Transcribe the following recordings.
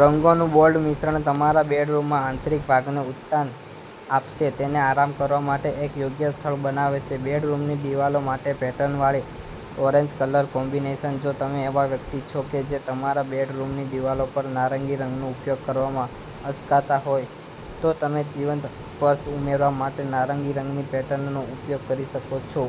રંગોનું bold મિશ્રણ તમારા બેડરૂમના આંતરિક ભાગને ઉત્થાન આપશે, તેને આરામ કરવા માટે એક યોગ્ય સ્થળ બનાવે છે. બેડરૂમની દિવાલો માટે પેટર્નવાળી ઓરેન્જ કલર કોમ્બિનેશન. જો તમે એવા વ્યક્તિ છો કે જે તમારા બેડરૂમની દિવાલો પર નારંગી રંગનો ઉપયોગ કરવામાં અચકાતા હોય, તો તમે જીવંત સ્પર્શ ઉમેરવા માટે નારંગી રંગની પેટર્નનો ઉપયોગ કરી શકો છો.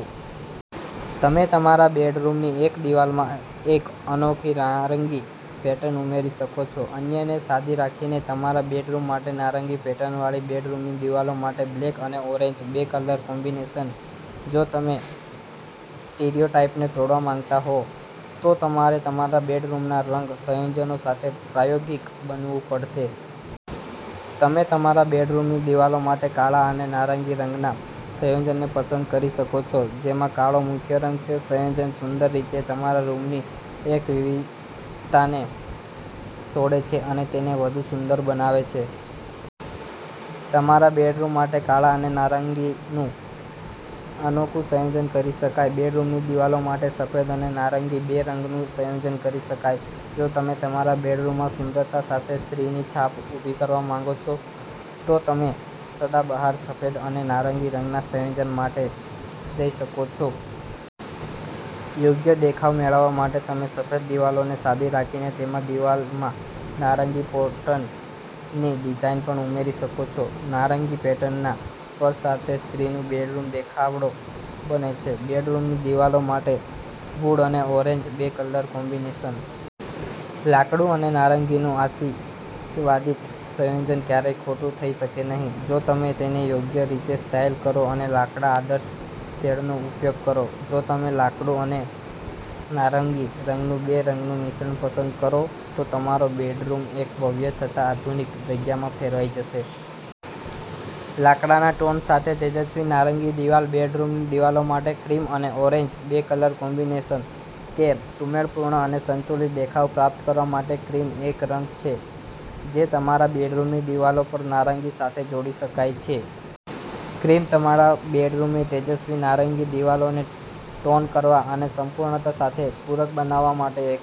તમે તમારા બેડરૂમની એક દિવાલમાં એક અનોખી નારંગી પેટર્ન ઉમેરી શકો છો, અન્યને સાદી રાખીને. તમારા બેડરૂમ માટે નારંગી પેટર્નવાળી બેડરૂમની દિવાલો માટે બ્લેક અને ઓરેન્જ બે કલર કોમ્બિનેશન જો તમે સ્ટીરિયોટાઇપને તોડવા માંગતા હો, તો તમારે તમારા બેડરૂમના રંગ સંયોજનો સાથે પ્રાયોગિક બનવું પડશે. તમે તમારા બેડરૂમની દિવાલો માટે કાળા અને નારંગી રંગના સંયોજનને પસંદ કરી શકો છો, જેમાં કાળો મુખ્ય રંગ છે. સંયોજન સુંદર રીતે તમારા રૂમની એકવિધતાને તોડે છે અને તેને વધુ સુંદર બનાવે છે. તમારા બેડરૂમ માટે કાળા અને નારંગીનું અનોખું સંયોજન કરી શકાય. બેડરૂમની દિવાલો માટે સફેદ અને નારંગી બે રંગનું સંયોજન કરી શકાય. જો તમે તમારા બેડરૂમમાં સુંદરતા સાથે સ્ત્રીની છાપ ઉભી કરવા માંગો છો, તો તમે સદાબહાર સફેદ અને નારંગી રંગના સંયોજન માટે જઈ શકો છો. યોગ્ય દેખાવ મેળવવા માટે તમે સફેદ દિવાલોને સાદી રાખીને, તેમાં દિવાલમાં નારંગી પેટર્નની ડિઝાઇન પણ ઉમેરી શકો છો. નારંગી પેટર્નના સ્પર્શ સાથે સ્ત્રીનું બેડરૂમ દેખાવડો બને છે. બેડરૂમની દિવાલો માટે વુડ અને ઓરેન્જ બે કલર કોમ્બિનેશન. લાકડું અને નારંગીનું આશીર્વાદિત સંયોજન ક્યારેય ખોટું થઈ શકે નહિ, જો તમે તેને યોગ્ય રીતે સ્ટાઈલ કરો અને લાકડાના આદર્શ શેડનો ઉપયોગ કરો. જો તમે લાકડું અને નારંગી રંગનું બે રંગનું મિશ્રણ પસંદ કરો તો તમારો બેડરૂમ એક ભવ્ય છતાં આધુનિક જગ્યામાં ફેરવાઈ જશે. લાકડાના ટોન સાથે તેજસ્વી નારંગી દિવાલ, બેડરૂમની દિવાલો માટે ક્રીમ અને ઓરેન્જ બે કલર કોમ્બિનેશન. તે સુમેળપૂર્ણ અને સંતુલિત દેખાવ પ્રાપ્ત કરવા માટે, ક્રીમ એક રંગ છે જે તમારા બેડરૂમની દિવાલો પર નારંગી સાથે જોડી શકાય છે. ક્રીમ તમારા બેડરૂમની તેજસ્વી નારંગી દિવાલોને ટોન કરવા અને સંપૂર્ણતા સાથે પૂરક બનાવવા માટે એક